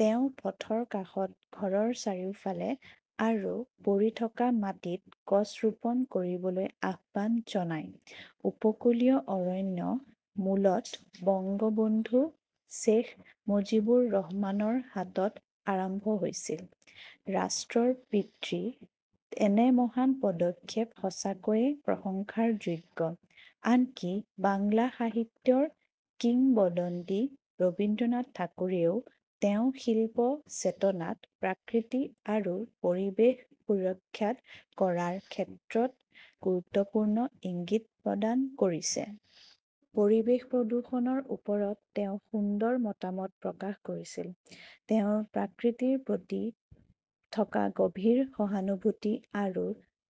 তেওঁ পথৰ কাষত, ঘৰৰ চাৰিওফালে আৰু পৰি থকা মাটিত গছ ৰোপণ কৰিবলৈ আহ্বান জনায়। উপকূলীয় অৰণ্যায়ন মূলত বংগবন্ধু শ্বেইখ মুজিবুৰ ৰহমানৰ হাতত আৰম্ভ হৈছিল। ৰাষ্ট্ৰৰ পিতৃৰ এনে মহান পদক্ষেপ সঁচাকৈয়ে প্ৰশংসাৰ যোগ্য। আনকি বাংলা সাহিত্যৰ কিংবদন্তি ৰবীন্দ্ৰনাথ ঠাকুৰেও তেওঁৰ শিল্প চেতনাত প্ৰাকৃতি আৰু পৰিৱেশ সুৰক্ষিত কৰাৰ ক্ষেত্ৰত গুৰুত্বপূৰ্ণ ইংগিত প্ৰদান কৰিছে। পৰিৱেশ প্ৰদূষণৰ ওপৰত তেওঁ সুন্দৰ মতামত প্ৰকাশ কৰিছিল। তেওঁৰ প্ৰকৃতিৰ প্ৰতি থকা গভীৰ সহানুভূতি আৰু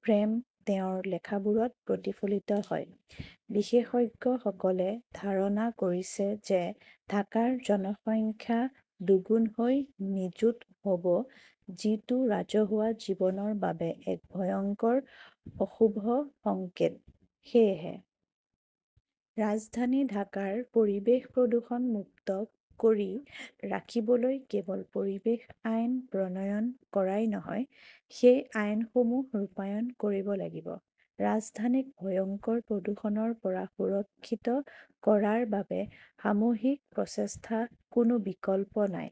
প্ৰেম তেওঁৰ লেখাবোৰত প্ৰতিফলিত হয়। বিশেষজ্ঞসকলে ধাৰণা কৰিছে যে, ঢাকাৰ জনসংখ্যা দুগুণ হৈ নিযুত হ 'ব যিটো ৰাজহুৱা জীৱনৰ বাবে এক ভয়ংকৰ অশুভ সংকেত। সেয়েহে ৰাজধানী ঢাকাৰ পৰিৱেশ প্ৰদূষণমুক্ত কৰি ৰাখিবলৈ কেৱল পৰিৱেশ আইন প্ৰণয়ন কৰাই নহয়, সেই আইনসমূহ ৰূপায়ণ কৰিব লাগিব। ৰাজধানীক ভয়ংকৰ প্ৰদূষণৰ পৰা সুৰক্ষিত কৰাৰ বাবে সামূহিক প্ৰচেষ্টাৰ কোনো বিকল্প নাই।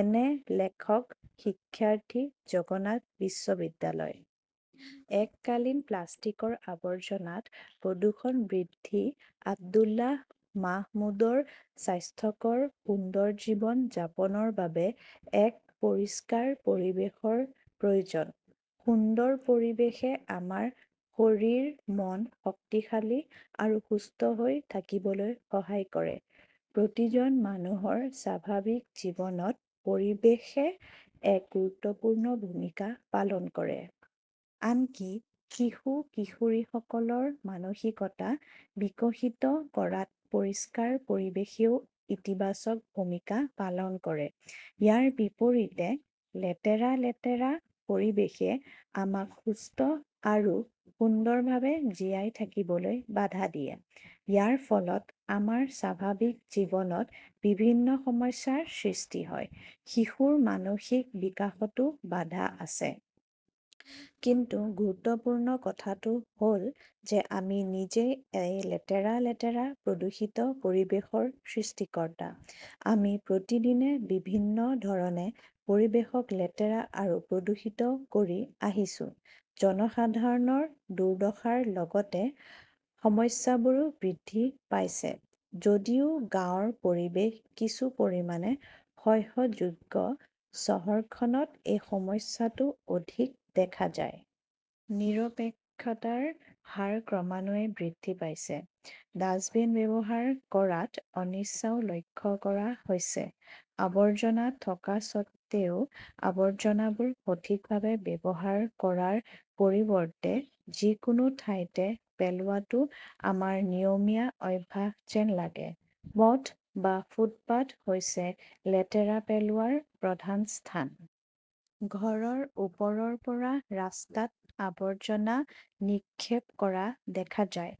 এন লেখক শিক্ষাৰ্থী জগন্নাথ বিশ্ববিদ্যালয়। এককালীন প্লাষ্টিকৰ আৱৰ্জনাত প্ৰদূষণ বৃদ্ধি আব্দুল্লাহ মাহমুদৰ স্বাস্থ্যকৰ সুন্দৰ জীৱন যাপনৰ বাবে এক পৰিষ্কাৰ পৰিৱেশৰ প্ৰয়োজন। সুন্দৰ পৰিৱেশে আমাৰ শৰীৰ-মন শক্তিশালী আৰু সুস্থ হৈ থাকিবলৈ সহায় কৰে। প্ৰতিজন মানুহৰ স্বাভাৱিক জীৱনত পৰিৱেশে এক গুৰুত্বপূৰ্ণ ভূমিকা পালন কৰে। আনকি শিশু-কিশোৰীসকলৰ মানসিকতা বিকশিত কৰাত পৰিষ্কাৰ পৰিৱেশেও ইতিবাচক ভূমিকা পালন কৰে। ইয়াৰ বিপৰীতে, লেতেৰা-লেতেৰা পৰিৱেশে আমাক সুস্থ আৰু সুন্দৰভাৱে জীয়াই থাকিবলৈ বাধা দিয়ে। ইয়াৰ ফলত আমাৰ স্বাভাৱিক জীৱনত বিভিন্ন সমস্যাৰ সৃষ্টি হয়। শিশুৰ মানসিক বিকাশতো বাধা আছে। কিন্তু গুৰুত্বপূৰ্ণ কথাটো হ 'ল যে আমি নিজেই এই লেতেৰা-লেতেৰা প্ৰদূষিত পৰিৱেশৰ সৃষ্টিকৰ্তা। আমি প্ৰতিদিনে বিভিন্ন ধৰণে পৰিৱেশক লেতেৰা আৰু প্ৰদূষিত কৰি আহিছো। জনসাধাৰণৰ দুৰ্দশাৰ লগতে সমস্যাবোৰো বৃদ্ধি পাইছে। যদিও গাঁৱৰ পৰিৱেশ কিছু পৰিমাণে সহ্যযোগ্য, চহৰখনত এই সমস্যাটো অধিক দেখা যায়। নিৰপেক্ষতাৰ হাৰ ক্ৰমান্বয়ে বৃদ্ধি পাইছে। ডাস্টবিন ব্যৱহাৰ কৰাত অনিচ্ছাও লক্ষ্য কৰা হৈছে। আৱৰ্জনা থকা স্বত্বেও, আৱৰ্জনাবোৰ সঠিকভাৱে ব্যৱহাৰ কৰাৰ পৰিৱৰ্তে যিকোনো ঠাইতে পেলোৱাটো আমাৰ নিয়মীয়া অভ্যাস যেন লাগে। পথ বা ফুটপাত হৈছে লেতেৰা পেলোৱাৰ প্ৰধান স্থান। ঘৰৰ ওপৰৰ পৰা ৰাস্তাত আৱৰ্জনা নিক্ষেপ কৰা দেখা যায়।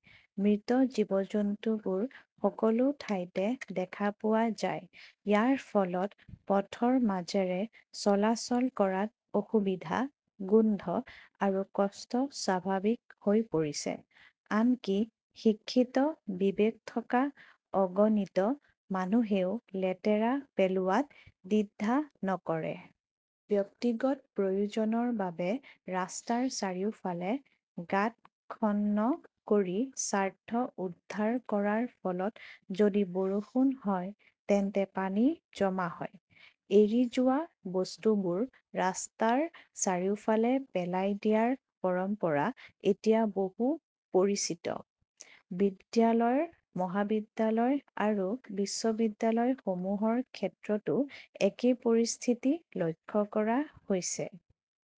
মৃত জীৱ-জন্তুবোৰ সকলো ঠাইতে দেখা পোৱা যায়। ইয়াৰ ফলত পথৰ মাজেৰে চলাচল কৰাত অসুবিধা, গোন্ধ আৰু কষ্ট স্বাভাৱিক হৈ পৰিছে। আনকি শিক্ষিত বিবেক থকা অগণিত মানুহেও লেতেৰা পেলোৱাত দ্বিধা নকৰে। ব্যক্তিগত প্ৰয়োজনৰ বাবে ৰাস্তাৰ চাৰিওফালে গাঁত খনন কৰি স্বাৰ্থ উদ্ধাৰ কৰাৰ ফলত যদি বৰষুণ হয় তেন্তে পানী জমা হয়। এৰি যোৱা বস্তুবোৰ ৰাস্তাৰ চাৰিওফালে পেলাই দিয়াৰ পৰম্পৰা এতিয়া বহু পৰিচিত। বিদ্যালয়, মহাবিদ্যালয় আৰু বিশ্ববিদ্যালয়সমূহৰ ক্ষেত্ৰতো একেই পৰিস্থিতি লক্ষ্য কৰা হৈছে।